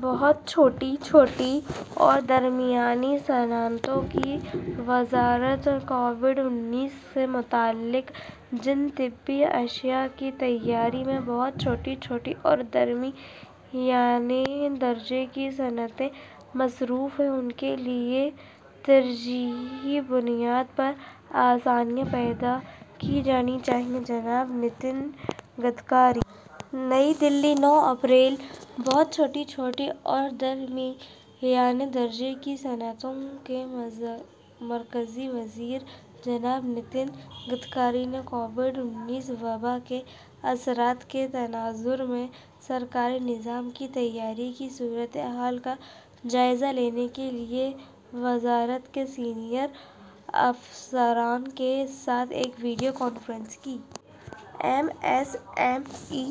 بہت چھوٹی، چھوٹی اور درمیانی صنعتوں کی وزارت کووڈ انیس سے متعلق جن طبی اشیا کی تیاری میں بہت چھوٹی، چھوٹی اور درمیانے درجے کی صنعتیں مصروف ہیں، ان کے لیے ترجیحی بنیاد پر آسانیاں پیدا کی جانی چاہییں، جناب نتن گڈکری۔ نئی دہلی، نو اپریل: بہت چھوٹی، چھوٹی اور درمیانے درجے کی صنعتوں کے مرکزی وزیر جناب نتن گڈکری نے کووڈ انیس وبا کے اثرات کے تناظر میں سرکاری نظام کی تیاری کی صورتحال کا جائزہ لینے کے لیے وزارت کے سینئر افسران کے ساتھ ایک ویڈیو کانفرنس کی۔ ایم ایس ایم ای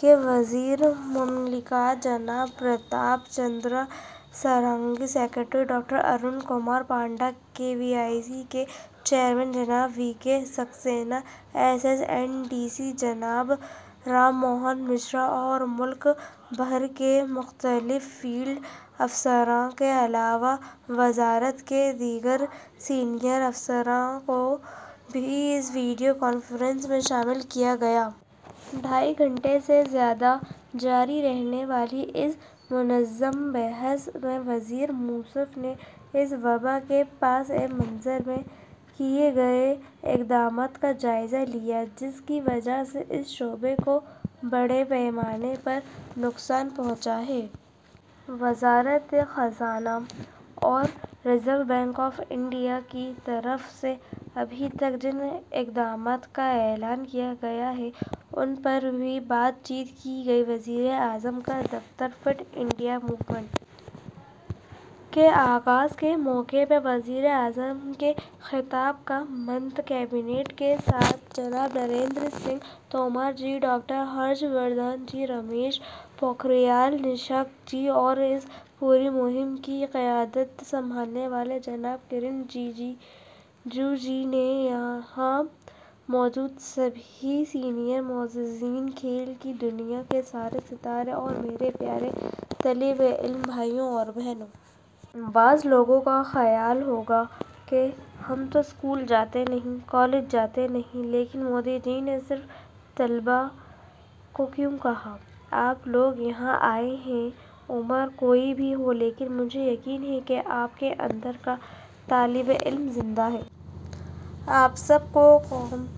کے وزیر مملکت جناب Pratap Chandra Sarangi, secretary doctor Arun Kumar Panda, K V I C کے چیئرمین جناب V K Saxena, S S and D C جناب رام موہن مشرا اور ملک بھر کے مختلف فیلڈ افسران کے علاوہ وزارت کے دیگر سینئر افسران کو بھی اس ویڈیو کانفرنس میں شامل کیا گیا۔ ڈھائی گھنٹے سے زیادہ جاری رہنے والی اس منظم بحث میں وزیر موصوف نے اس وبا کے پس منظر میں کیے گئے اقدامات کا جائزہ لیا، جس کی وجہ سے اس شعبے کو بڑے پیمانے پر نقصان پہنچا ہے۔ وزارت خزانہ اور ریزرو بینک آف انڈیا کی طرف سے ابھی تک جن اقدامات کا اعلان کیا گیا ہے، ان پر بھی بات چیت کی گئی۔ وزیر اعظم کا دفتر فٹ انڈیا موومنٹ کے آغاز کے موقع پر وزیر اعظم کے خطاب کا متن کابینہ کے میرے ساتھی جناب نریندر سنگھ تومر جی، ڈاکٹر ہرش وردھن جی، رمیش پوکھریال نشنک جی اور اس پوری مہم کی قیادت سنبھالنے والے جناب کرن رجیجو جی، یہاں موجود سبھی سینئر معززین، کھیل کی دنیا کے سارے ستارے اور میرے پیارے طالب علم بھائیو اور بہنو۔ بعض لوگوں کا خیال ہوگا کہ ہم تو اسکول جاتے نہیں ہیں، کالج جاتے نہیں ہیں، لیکن مودی جی نے صرف طلبہ کو کیوں کہا؟ آپ لوگ یہاں آئے ہیں، عمر کوئی بھی ہو، لیکن مجھے یقین ہے کہ آپ کے اندر کا طالب علم زندہ ہے۔ آپ سب کو قومی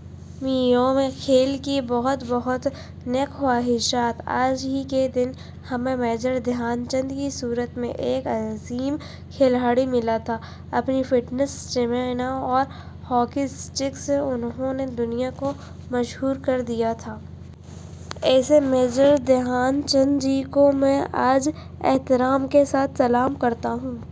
یوم کھیل کی بہت بہت نیک خواہشات۔ آج ہی کے دن ہمیں میجر دھیان چند کی صورت میں ایک عظیم کھلاڑی ملا تھا۔ اپنی فٹنس، اسٹیمنا اور ہاکی اسٹک سے انہوں نے دنیا کو مسحور کر دیا تھا۔ ایسے میجر دھیان چند جی کو میں آج احترام کے ساتھ سلام کرتا ہوں۔